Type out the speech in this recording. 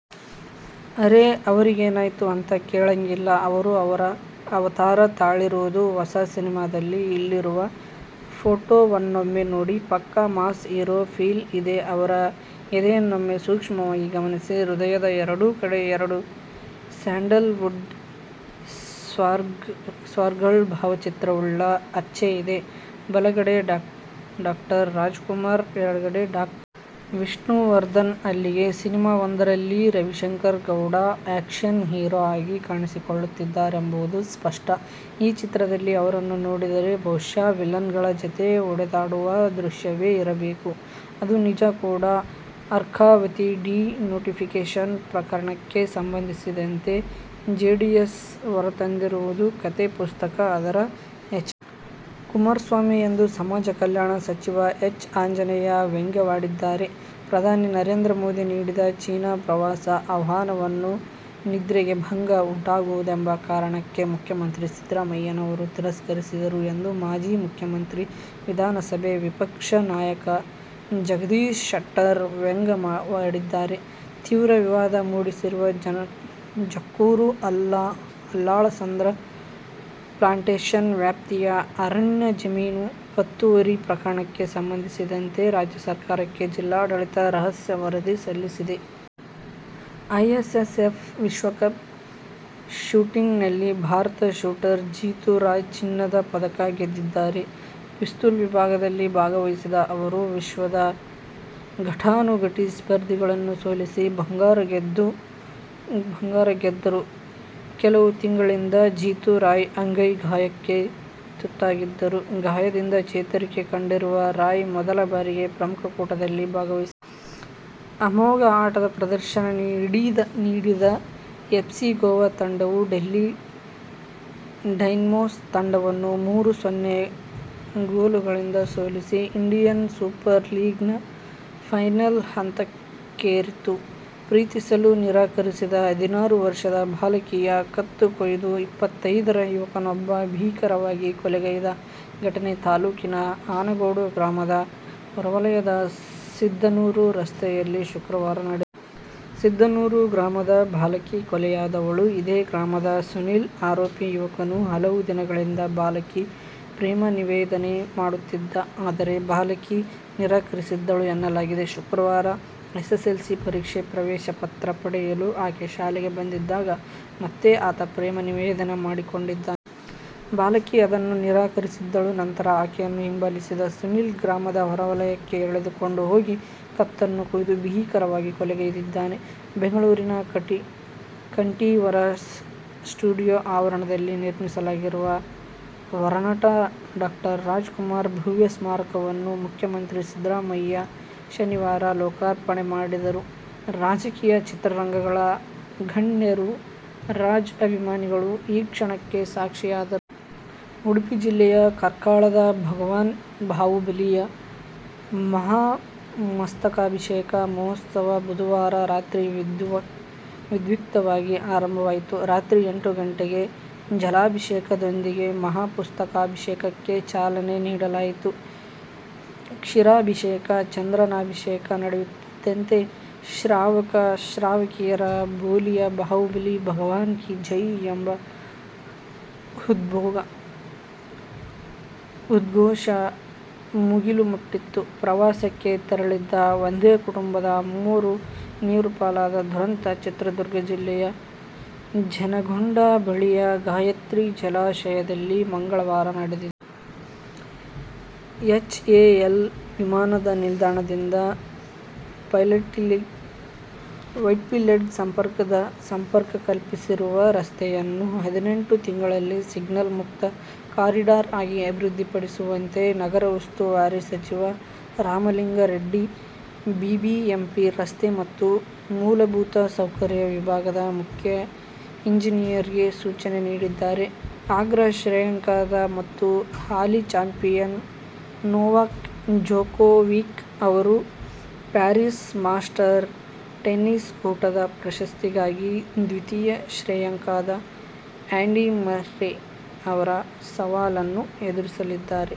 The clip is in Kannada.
ಅರೇ, ಅವರಿಗೇನಾಯ್ತು ಅಂತ ಕೇಳಂಗಿಲ್ಲ. ಅವರು ಅವತಾರ ತಾಳಿರೋದು ಹೊಸ ಸಿನಿಮಾದಲ್ಲಿ. ಇಲ್ಲಿರುವ ಫೋಟೋವನ್ನೊಮ್ಮೆ ನೋಡಿ. ಪಕ್ಕಾ ಮಾಸ್ ಹೀರೋ ಫೀಲ್ ಇದೆ. ಅವರ ಎದೆಯನ್ನೊಮ್ಮೆ ಸೂಕ್ಷ್ಮವಾಗಿ ಗಮನಿಸಿ, ಹೃದಯದ ಎರಡೂ ಕಡೆ ಎರಡು ಸ್ಯಾಂಡಲ್ವುಡ್ ಸ್ಟಾರ್ಗಳ ಭಾವಚಿತ್ರವುಳ್ಳ ಹಚ್ಚೆ ಇದೆ. ಬಲಗಡೆ ಡಾ. ರಾಜ್ಕುಮಾರ್, ಎಡಗಡೆ ಡಾ. ವಿಷ್ಣುವರ್ಧನ್. ಅಲ್ಲಿಗೆ ಸಿನಿಮಾವೊಂದರಲ್ಲಿ ರವಿಶಂಕರ್ಗೌಡ ಆ್ಯಕ್ಷನ್ ಹೀರೋ ಆಗಿ ಕಾಣಿಸಿಕೊಳ್ಳುತ್ತಿದ್ದಾರೆಂಬುದು ಸ್ಪಷ್ಟ. ಈ ಚಿತ್ರದಲ್ಲಿ ಅವರನ್ನು ನೋಡಿದರೆ, ಬಹುಶಃ ವಿಲನ್ಗಳ ಜತೆ ಹೊಡೆದಾಡುವ ದೃಶ್ಯವೇ ಇರಬೇಕು. ಅದು ನಿಜ ಕೂಡ. ಅರ್ಕಾವತಿ ಡಿ-ನೋಟಿಫಿಕೇಷನ್ ಪ್ರಕರಣಕ್ಕೆ ಸಂಬಂಧಿಸಿದಂತೆ ಜೆಡಿಎಸ್ ಹೊರತಂದಿರುವುದು ಕಥೆ ಪುಸ್ತಕ. ಅದರ ಎಚ್. ಡಿ. ಕುಮಾರಸ್ವಾಮಿ ಎಂದು ಸಮಾಜ ಕಲ್ಯಾಣ ಸಚಿವ ಎಚ್. ಆಂಜನೇಯ ವ್ಯಂಗ್ಯವಾಡಿದ್ದಾರೆ. ಪ್ರಧಾನಿ ನರೇಂದ್ರ ಮೋದಿ ನೀಡಿದ ಚೀನಾ ಪ್ರವಾಸದ ಆಹ್ವಾನವನ್ನು ನಿದ್ರೆಗೆ ಭಂಗ ಉಂಟಾಗುವುದೆಂಬ ಕಾರಣಕ್ಕೆ ಮುಖ್ಯಮಂತ್ರಿ ಸಿದ್ದರಾಮಯ್ಯನವರು ತಿರಸ್ಕರಿಸಿದರು ಎಂದು ಮಾಜಿ ಮುಖ್ಯಮಂತ್ರಿ, ವಿಧಾನಸಭೆ ವಿಪಕ್ಷ ನಾಯಕ ಜಗದೀಶ ಶೆಟ್ಟರ್ ವ್ಯಂಗ್ಯವಾಡಿದ್ದಾರೆ. ತೀವ್ರ ವಿವಾದ ಮೂಡಿಸಿರುವ ಜಕ್ಕೂರು-ಅಲ್ಲಾಳಸಂದ್ರ ಪ್ಲಾಂಟೇಷನ್ ವ್ಯಾಪ್ತಿಯ ಅರಣ್ಯ ಜಮೀನು ಒತ್ತುವರಿ ಪ್ರಕರಣಕ್ಕೆ ಸಂಬಂಧಿಸಿದಂತೆ ರಾಜ್ಯ ಸರ್ಕಾರಕ್ಕೆ ಜಿಲ್ಲಾಡಳಿತ ರಹಸ್ಯ ವರದಿ ಸಲ್ಲಿಸಿದೆ. ಐಎಸ್ಎಸ್ಎಫ್ ವಿಶ್ವಕಪ್ ಶೂಟಿಂಗ್ನಲ್ಲಿ ಭಾರತದ ಶೂಟರ್ ಜಿತು ರಾಯ್ ಚಿನ್ನದ ಪದಕ ಗೆದ್ದಿದ್ದಾರೆ. ಪಿಸ್ತೂಲ್ ವಿಭಾಗದಲ್ಲಿ ಭಾಗವಹಿಸಿದ ಅವರು ವಿಶ್ವದ ಘಟಾನುಘಟಿ ಸ್ಪರ್ಧಿಗಳನ್ನು ಸೋಲಿಸಿ ಬಂಗಾರ ಗೆದ್ದರು. ಕೆಲವು ತಿಂಗಳಿಂದ ಜಿತು ರಾಯ್ ಅಂಗೈ ಗಾಯಕ್ಕೆ ತುತ್ತಾಗಿದ್ದರು. ಗಾಯದಿಂದ ಚೇತರಿಕೆ ಕಂಡಿರುವ ರಾಯ್ ಮೊದಲ ಬಾರಿಗೆ ಪ್ರಮುಖ ಕೂಟದಲ್ಲಿ ಭಾಗವಹಿಸಿದ್ದಾರೆ. ಅಮೋಘ ಆಟದ ಪ್ರದರ್ಶನ ನೀಡಿದ ಎಫ್ಸಿ ಗೋವಾ ತಂಡವು ಡೆಲ್ಲಿ ಡೈನಮೋಸ್ ತಂಡವನ್ನು ಮೂರು-ಸೊನ್ನೆ ಗೋಲುಗಳಿಂದ ಸೋಲಿಸಿ ಇಂಡಿಯನ್ ಸೂಪರ್ ಲೀಗ್ ನ ಫೈನಲ್ ಹಂತಕ್ಕೇರಿತು. ಪ್ರೀತಿಸಲು ನಿರಾಕರಿಸಿದ ಹದಿನಾರು ವರ್ಷದ ಬಾಲಕಿಯ ಕತ್ತು ಕೊಯ್ದು ಇಪ್ಪತ್ತೈದರ ಯುವಕನೊಬ್ಬ ಭೀಕರವಾಗಿ ಕೊಲೆಗೈದ ಘಟನೆ ತಾಲೂಕಿನ ಆನಗೋಡು ಗ್ರಾಮದ ಹೊರವಲಯದ ಸಿದ್ಧನೂರು ರಸ್ತೆಯಲ್ಲಿ ಶುಕ್ರವಾರ ನಡೆದಿದೆ. ಸಿದ್ಧನೂರು ಗ್ರಾಮದ ಬಾಲಕಿ ಕೊಲೆಯಾದವಳು. ಇದೇ ಗ್ರಾಮದ ಸುನೀಲ್ ಆರೋಪಿ. ಯುವಕನು ಹಲವು ದಿನಗಳಿಂದ ಬಾಲಕಿಗೆ ಪ್ರೇಮ ನಿವೇದನೆ ಮಾಡುತ್ತಿದ್ದ. ಆದರೆ ಬಾಲಕಿ ನಿರಾಕರಿಸಿದ್ದಳು ಎನ್ನಲಾಗಿದೆ. ಶುಕ್ರವಾರ ಎಸ್ಸೆಸ್ಸೆಲ್ಸಿ ಪರೀಕ್ಷೆಯ ಪ್ರವೇಶ ಪತ್ರ ಪಡೆಯಲು ಆಕೆ ಶಾಲೆಗೆ ಬಂದಿದ್ದಾಗ ಮತ್ತೆ ಆತ ಪ್ರೇಮ ನಿವೇದನೆ ಮಾಡಿಕೊಂಡಿದ್ದಾನೆ. ಬಾಲಕಿ ಅದನ್ನು ನಿರಾಕರಿಸಿದ್ದಳು. ನಂತರ ಆಕೆಯನ್ನು ಹಿಂಬಾಲಿಸಿದ ಸುನೀಲ್ ಗ್ರಾಮದ ಹೊರವಲಯಕ್ಕೆ ಎಳೆದುಕೊಂಡು ಹೋಗಿ ಕತ್ತನ್ನು ಕೊಯ್ದು ಭೀಕರವಾಗಿ ಕೊಲೆಗೈದಿದ್ದಾನೆ. ಬೆಂಗಳೂರಿನ ಕಂಠೀರವ ಸ್ಟುಡಿಯೋ ಆವರಣದಲ್ಲಿ ನಿರ್ಮಿಸಲಾಗಿರುವ ವರನಟ ಡಾ ರಾಜ್ ಕುಮಾರ್ ಭವ್ಯ ಸ್ಮಾರಕವನ್ನು ಮುಖ್ಯಮಂತ್ರಿ ಸಿದ್ದರಾಮಯ್ಯ ಶನಿವಾರ ಲೋಕಾರ್ಪಣೆ ಮಾಡಿದರು. ರಾಜಕೀಯ, ಚಿತ್ರರಂಗಗಳ ಗಣ್ಯರು, ರಾಜ್ ಅಭಿಮಾನಿಗಳು ಈ ಕ್ಷಣಕ್ಕೆ ಸಾಕ್ಷಿಯಾದರು. ಉಡುಪಿ ಜಿಲ್ಲೆಯ ಕಾರ್ಕಳದ ಭಗವಾನ್ ಬಾಹುಬಲಿಯ ಮಹಾಮಸ್ತಕಾಭಿಷೇಕ ಮಹೋತ್ಸವ ಬುಧವಾರ ರಾತ್ರಿ ವಿಧ್ಯುಕ್ತವಾಗಿ ಆರಂಭವಾಯಿತು. ರಾತ್ರಿ ಎಂಟು ಗಂಟೆಗೆ ಜಲಾಭಿಷೇಕದೊಂದಿಗೆ ಮಹಾಮಸ್ತಕಾಭಿಷೇಕಕ್ಕೆ ಚಾಲನೆ ನೀಡಲಾಯಿತು. ಕ್ಷೀರಾಭಿಷೇಕ, ಚಂದನಾಭಿಷೇಕ ನಡೆಯುತ್ತಿದ್ದಂತೆ ಶ್ರಾವಕ, ಶ್ರಾವಕಿಯರ ಬೋಲಿಯೆ ಬಾಹುಬಲಿ ಭಗವಾನ್ ಕಿ ಜೈ ಎಂಬ ಉದ್ಘೋಷ ಮುಗಿಲು ಮುಟ್ಟಿತ್ತು. ಪ್ರವಾಸಕ್ಕೆ ತೆರಳಿದ್ದ ಒಂದೇ ಕುಟುಂಬದ ಮೂವರು ನೀರುಪಾಲಾದ ದುರಂತ ಚಿತ್ರದುರ್ಗ ಜಿಲ್ಲೆಯ ಜವನಗೊಂಡ ಬಳಿಯ ಗಾಯತ್ರಿ ಜಲಾಶಯದಲ್ಲಿ ಮಂಗಳವಾರ ನಡೆದಿದೆ. ಎಚ್ಎಎಲ್ ವಿಮಾನನಿಲ್ದಾಣದಿಂದ ವೈಟ್ಫೀಲ್ಡ್ಗೆ ಸಂಪರ್ಕ ಕಲ್ಪಿಸುವ ರಸ್ತೆಯನ್ನು ಹದಿನೆಂಟು ತಿಂಗಳಲ್ಲಿ ಸಿಗ್ನಲ್ ಮುಕ್ತ ಕಾರಿಡಾರ್ ಆಗಿ ಅಭಿವೃದ್ಧಿಪಡಿಸುವಂತೆ ನಗರ ಉಸ್ತುವಾರಿ ಸಚಿವ ರಾಮಲಿಂಗಾರೆಡ್ಡಿ ಬಿಬಿಎಂಪಿ ರಸ್ತೆ ಮತ್ತು ಮೂಲಭೂತ ಸೌಕರ್ಯ ವಿಭಾಗದ ಮುಖ್ಯ ಎಂಜಿನಿಯರ್ಗೆ ಸೂಚನೆ ನೀಡಿದ್ದಾರೆ. ಅಗ್ರ ಶ್ರೇಯಾಂಕದ ಮತ್ತು ಹಾಲಿ ಚಾಂಪಿಯನ್ ನೊವಾಕ್ ಜೊಕೋವಿಕ್ ಅವರು ಪ್ಯಾರಿಸ್ ಮಾಸ್ಟರ್ ಟೆನಿಸ್ ಕೂಟದ ಪ್ರಶಸ್ತಿಗಾಗಿ ದ್ವಿತೀಯ ಶ್ರೇಯಾಂಕದ ಆ್ಯಂಡಿ ಮರ್ರೆ ಅವರ ಸವಾಲನ್ನು ಎದುರಿಸಲಿದ್ದಾರೆ.